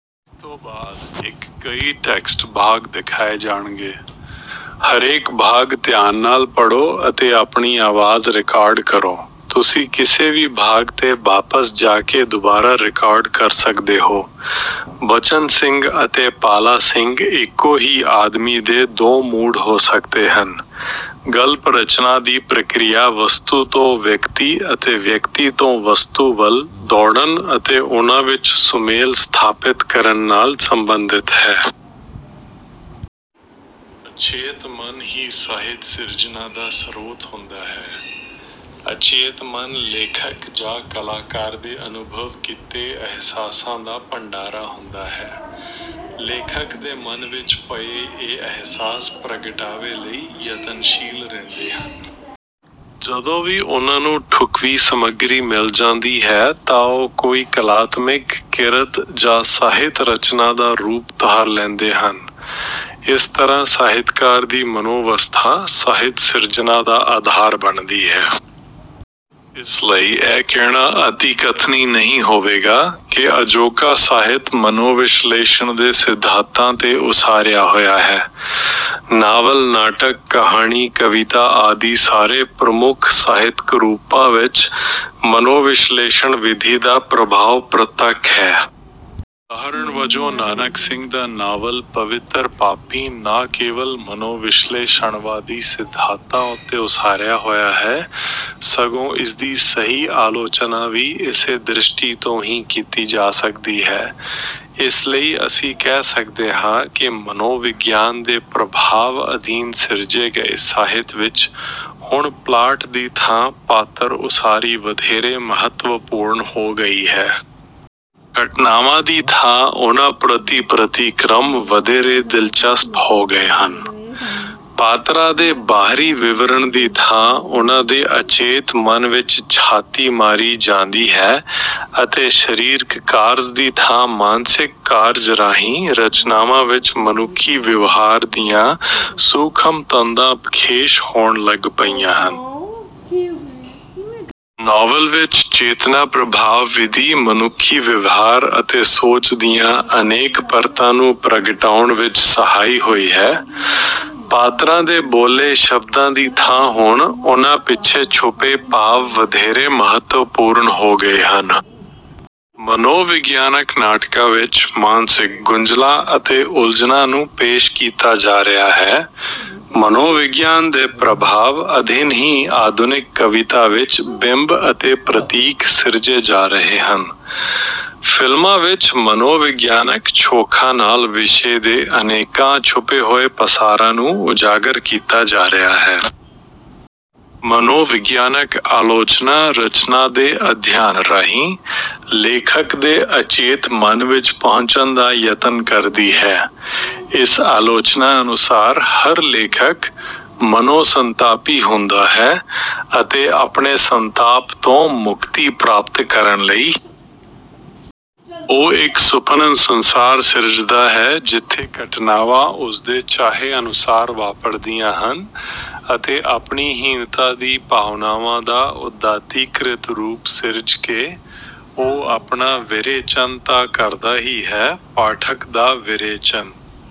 ਬਚਨ ਸਿੰਘ ਅਤੇ ਪਾਲਾ ਸਿੰਘ ਇੱਕੋ ਹੀ ਆਦਮੀ ਦੇ ਦੋ ਮੂਡ ਹੋ ਸਕਦੇ ਹਨ। ਗਲਪ ਰਚਨਾ ਦੀ ਪ੍ਰਕਿਰਿਆ ਵਸਤੂ ਤੋਂ ਵਿਅਕਤੀ ਅਤੇ ਵਿਅਕਤੀ ਤੋਂ ਵਸਤੂ ਵੱਲ ਦੌੜਣ ਅਤੇ ਉਹਨਾਂ ਵਿੱਚ ਸੁਮੇਲ ਸਥਾਪਿਤ ਕਰਨ ਨਾਲ ਸੰਬੰਧਿਤ ਹੈ। ਅਚੇਤ ਮਨ ਹੀ ਸਾਹਿਤ ਸਿਰਜਣਾ ਦਾ ਸਰੋਤ ਹੁੰਦਾ ਹੈ। ਅਚੇਤ ਮਨ ਲੇਖਕ ਜਾਂ ਕਲਾਕਾਰ ਦੇ ਅਨੁਭਵ ਕੀਤੇ ਅਹਿਸਾਸਾਂ ਦਾ ਭੰਡਾਰਾ ਹੁੰਦਾ ਹੈ। ਲੇਖਕ ਦੇ ਮਨ ਵਿੱਚ ਪਏ ਇਹ ਅਹਿਸਾਸ ਪ੍ਰਗਟਾਵੇ ਲਈ ਯਤਨਸ਼ੀਲ ਰਹਿੰਦੇ ਹਨ। ਜਦੋਂ ਵੀ ਉਹਨਾਂ ਨੂੰ ਢੁੱਕਵੀਂ ਸਮੱਗਰੀ ਮਿਲ ਜਾਂਦੀ ਹੈ ਤਾਂ ਉਹ ਕੋਈ ਕਲਾਤਮਿਕ ਕਿਰਤ ਜਾਂ ਸਾਹਿਤ ਰਚਨਾ ਦਾ ਰੂਪ ਧਾਰ ਲੈਂਦੇ ਹਨ। ਇਸ ਤਰ੍ਹਾਂ ਸਾਹਿਤਕਾਰ ਦੀ ਮਨੋਅਵਸਥਾ ਸਾਹਿਤ ਸਿਰਜਣਾ ਦਾ ਆਧਾਰ ਬਣਦੀ ਹੈ। ਇਸ ਲਈ ਇਹ ਕਹਿਣਾ ਅਤਿਕਥਨੀ ਨਹੀਂ ਹੋਵੇਗਾ ਕਿ ਅਜੋਕਾ ਸਾਹਿਤ ਮਨੋਵਿਸ਼ਲੇਸ਼ਣ ਦੇ ਸਿਧਾਤਾਂ ਤੇ ਉਸਾਰਿਆ ਹੋਇਆ ਹੈ। ਨਾਵਲ ਨਾਟਕ ਕਹਾਣੀ ਕਵਿਤਾ ਆਦਿ ਸਾਰੇ ਪ੍ਰਮੁੱਖ ਸਾਹਿਤਕ ਰੂਪਾਂ ਵਿੱਚ ਮਨੋਵਿਸ਼ਲੇਸ਼ਣ ਵਿਧੀ ਦਾ ਪ੍ਰਭਾਵ ਪ੍ਰਤੱਖ ਹੈ। ਉਦਾਹਰਨ ਵਜੋਂ ਨਾਨਕ ਸਿੰਘ ਦਾ ਨਾਵਲ ਪਵਿੱਤਰ ਪਾਪੀ ਨਾ ਕੇਵਲ ਮਨੋਵਿਸ਼ਲੇਸ਼ਣਵਾਦੀ ਸਿਧਾਤਾਂ ਉੱਤੇ ਉਸਾਰਿਆ ਹੋਇਆ ਹੈ ਸਗੋਂ ਇਸਦੀ ਸਹੀ ਆਲੋਚਨਾ ਵੀ ਇਸੇ ਦ੍ਰਿਸ਼ਟੀ ਤੋਂ ਹੀ ਕੀਤੀ ਜਾ ਸਕਦੀ ਹੈ। ਇਸ ਲਈ ਅਸੀ ਕਹਿ ਸਕਦੇ ਹਾਂ ਕਿ ਮਨੋਵਿਗਿਆਨ ਦੇ ਪ੍ਰਭਾਵ ਅਧੀਨ ਸਿਰਜੇ ਗਏ ਸਾਹਿਤ ਵਿੱਚ ਹੁਣ ਪਲਾਟ ਦੀ ਥਾਂ ਪਾਤਰ ਉਸਾਰੀ ਵਧੇਰੇ ਮਹੱਤਵਪੂਰਨ ਹੋ ਗਈ ਹੈ। ਘਟਨਾਵਾਂ ਦੀ ਥਾਂ ਉਹਨਾਂ ਪ੍ਰਤਿ ਪ੍ਰਤਿਕਰਮ ਵਧੇਰੇ ਦਿਲਚਸਪ ਹੋ ਗਏ ਹਨ। ਪਾਤਰਾਂ ਦੇ ਬਾਹਰੀ ਵਿਵਰਣ ਦੀ ਥਾਂ ਉਹਨਾਂ ਦੇ ਅਚੇਤ ਮਨ ਵਿੱਚ ਝਾਤੀ ਮਾਰੀ ਜਾਂਦੀ ਹੈ ਅਤੇ ਸਰੀਰਕ ਕਾਰਜ ਦੀ ਥਾਂ ਮਾਨਸਿਕ ਕਾਰਜ ਰਾਹੀਂ ਰਚਨਾਵਾਂ ਵਿੱਚ ਮਨੁੱਖੀ ਵਿਵਹਾਰ ਦੀਆਂ ਸੂਖਮ ਤੰਦਾਂ ਖੇਸ਼ ਹੋਣ ਲੱਗ ਪਈਆਂ ਹਨ। ਨਾਵਲ ਵਿੱਚ ਚੇਤਨਾ ਪ੍ਰਭਾਵ ਵਿਧੀ ਮਨੁੱਖੀ ਵਿਵਹਾਰ ਅਤੇ ਸੋਚ ਦੀਆਂ ਅਨੇਕ ਪਰਤਾਂ ਨੂੰ ਪ੍ਰਗਟਾਉਣ ਵਿੱਚ ਸਹਾਈ ਹੋਈ ਹੈ। ਪਾਤਰਾਂ ਦੇ ਬੋਲੇ ਸ਼ਬਦਾਂ ਦੀ ਥਾਂ ਹੁਣ ਉਹਨਾਂ ਪਿੱਛੇ ਛੁਪੇ ਭਾਵ ਵਧੇਰੇ ਮਹੱਤਵਪੂਰਨ ਹੋ ਗਏ ਹਨ। ਮਨੋਵਿਗਿਆਨਕ ਨਾਟਕਾਂ ਵਿੱਚ ਮਾਨਸਿਕ ਗੁੰਝਲਾਂ ਅਤੇ ਉਲਝਣਾਂ ਨੂੰ ਪੇਸ਼ ਕੀਤਾ ਜਾ ਰਿਹਾ ਹੈ। ਮਨੋਵਿਗਿਆਨ ਦੇ ਪ੍ਰਭਾਵ ਅਧੀਨ ਹੀ ਆਧੁਨਿਕ ਕਵਿਤਾ ਵਿੱਚ ਬਿੰਬ ਅਤੇ ਪ੍ਰਤੀਕ ਸਿਰਜੇ ਜਾ ਰਹੇ ਹਨ। ਫਿਲਮਾਂ ਵਿੱਚ ਮਨੋਵਿਗਿਆਨਕ ਛੋਖਾਂ ਨਾਲ ਵਿਸ਼ੇ ਦੇ ਅਨੇਕਾਂ ਛੁਪੇ ਹੋਏ ਪਾਸਾਰਾਂ ਨੂੰ ਉਜਾਗਰ ਕੀਤਾ ਜਾ ਰਿਹਾ ਹੈ। ਮਨੋਵਿਗਿਆਨਕ ਆਲੋਚਨਾ ਰਚਨਾ ਦੇ ਅਧਿਐਨ ਰਾਹੀਂ ਲੇਖਕ ਦੇ ਅਚੇਤ ਮਨ ਵਿੱਚ ਪਹੁੰਚਣ ਦਾ ਯਤਨ ਕਰਦੀ ਹੈ। ਇਸ ਆਲੋਚਨਾ ਅਨੁਸਾਰ ਹਰ ਲੇਖਕ ਮਨੋ ਸੰਤਾਪੀ ਹੁੰਦਾ ਹੈ ਅਤੇ ਆਪਣੇ ਸੰਤਾਪ ਤੋਂ ਮੁਕਤੀ ਪ੍ਰਾਪਤ ਕਰਨ ਲਈ ਉਹ ਇੱਕ ਸੁਪਨ ਸੰਸਾਰ ਸਿਰਜਦਾ ਹੈ ਜਿੱਥੇ ਘਟਨਾਵਾਂ ਉਸਦੇ ਚਾਹੇ ਅਨੁਸਾਰ ਵਾਪਰਦੀਆਂ ਹਨ ਅਤੇ ਆਪਣੀ ਹੀਣਤਾ ਦੀ ਭਾਵਨਾਵਾਂ ਦਾ ਉੱਦਾਤੀਕ੍ਰਿਤ ਰੂਪ ਸਿਰਜ ਕੇ ਉਹ ਆਪਣਾ ਵਿਰੇਚਨ ਤਾਂ ਕਰਦਾ ਹੀ ਹੈ ਪਾਠਕ ਦਾ ਵਿਰੇਚਨ